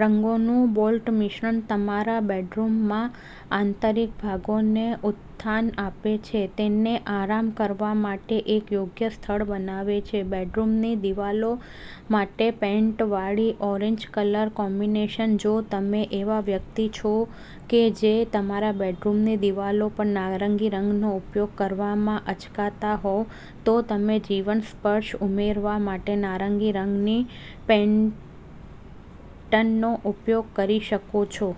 રંગોનું bold મિશ્રણ તમારા બેડરૂમના આંતરિક ભાગને ઉત્થાન આપશે, તેને આરામ કરવા માટે એક યોગ્ય સ્થળ બનાવે છે. બેડરૂમની દિવાલો માટે પેટર્નવાળી ઓરેન્જ કલર કોમ્બિનેશન. જો તમે એવા વ્યક્તિ છો કે જે તમારા બેડરૂમની દિવાલો પર નારંગી રંગનો ઉપયોગ કરવામાં અચકાતા હોય, તો તમે જીવંત સ્પર્શ ઉમેરવા માટે નારંગી રંગની પેટર્નનો ઉપયોગ કરી શકો છો.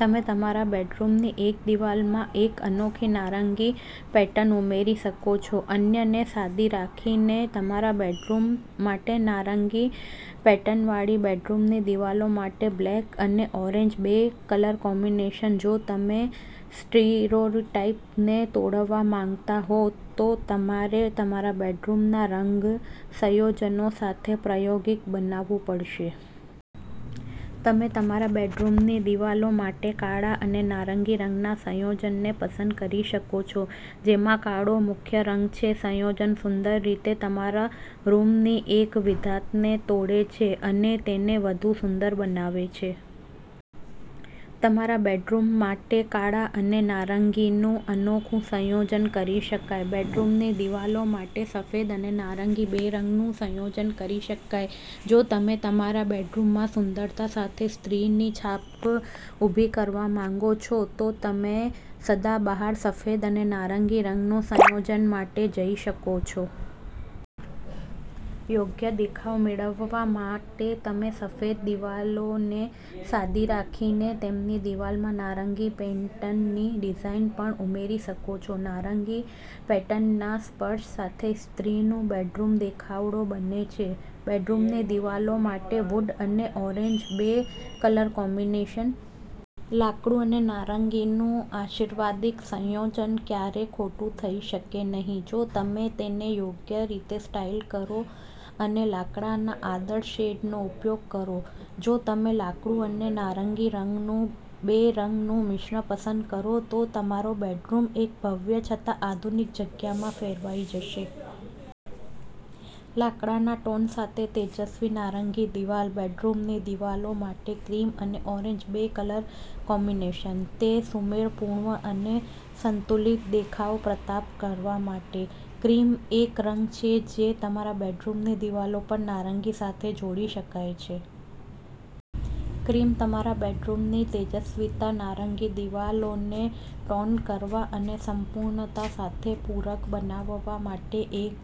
તમે તમારા બેડરૂમની એક દિવાલમાં એક અનોખી નારંગી પેટર્ન ઉમેરી શકો છો, અન્યને સાદી રાખીને. તમારા બેડરૂમ માટે નારંગી પેટર્નવાળી બેડરૂમની દિવાલો માટે બ્લેક અને ઓરેન્જ બે કલર કોમ્બિનેશન જો તમે સ્ટીરિયોટાઇપને તોડવા માંગતા હો, તો તમારે તમારા બેડરૂમના રંગ સંયોજનો સાથે પ્રાયોગિક બનવું પડશે. તમે તમારા બેડરૂમની દિવાલો માટે કાળા અને નારંગી રંગના સંયોજનને પસંદ કરી શકો છો, જેમાં કાળો મુખ્ય રંગ છે. સંયોજન સુંદર રીતે તમારા રૂમની એકવિધતાને તોડે છે અને તેને વધુ સુંદર બનાવે છે. તમારા બેડરૂમ માટે કાળા અને નારંગીનું અનોખું સંયોજન કરી શકાય. બેડરૂમની દિવાલો માટે સફેદ અને નારંગી બે રંગનું સંયોજન કરી શકાય. જો તમે તમારા બેડરૂમમાં સુંદરતા સાથે સ્ત્રીની છાપ ઉભી કરવા માંગો છો, તો તમે સદાબહાર સફેદ અને નારંગી રંગના સંયોજન માટે જઈ શકો છો. યોગ્ય દેખાવ મેળવવા માટે તમે સફેદ દિવાલોને સાદી રાખીને, તેમાં દિવાલમાં નારંગી પેટર્નની ડિઝાઇન પણ ઉમેરી શકો છો. નારંગી પેટર્નના સ્પર્શ સાથે સ્ત્રીનું બેડરૂમ દેખાવડો બને છે. બેડરૂમની દિવાલો માટે વુડ અને ઓરેન્જ બે કલર કોમ્બિનેશન. લાકડું અને નારંગીનું આશીર્વાદિત સંયોજન ક્યારેય ખોટું થઈ શકે નહિ, જો તમે તેને યોગ્ય રીતે સ્ટાઈલ કરો અને લાકડાના આદર્શ શેડનો ઉપયોગ કરો. જો તમે લાકડું અને નારંગી રંગનું બે રંગનું મિશ્રણ પસંદ કરો તો તમારો બેડરૂમ એક ભવ્ય છતાં આધુનિક જગ્યામાં ફેરવાઈ જશે. લાકડાના ટોન સાથે તેજસ્વી નારંગી દિવાલ, બેડરૂમની દિવાલો માટે ક્રીમ અને ઓરેન્જ બે કલર કોમ્બિનેશન. તે સુમેળપૂર્ણ અને સંતુલિત દેખાવ પ્રાપ્ત કરવા માટે, ક્રીમ એક રંગ છે જે તમારા બેડરૂમની દિવાલો પર નારંગી સાથે જોડી શકાય છે. ક્રીમ તમારા બેડરૂમની તેજસ્વી નારંગી દિવાલોને ટોન કરવા અને સંપૂર્ણતા સાથે પૂરક બનાવવા માટે એક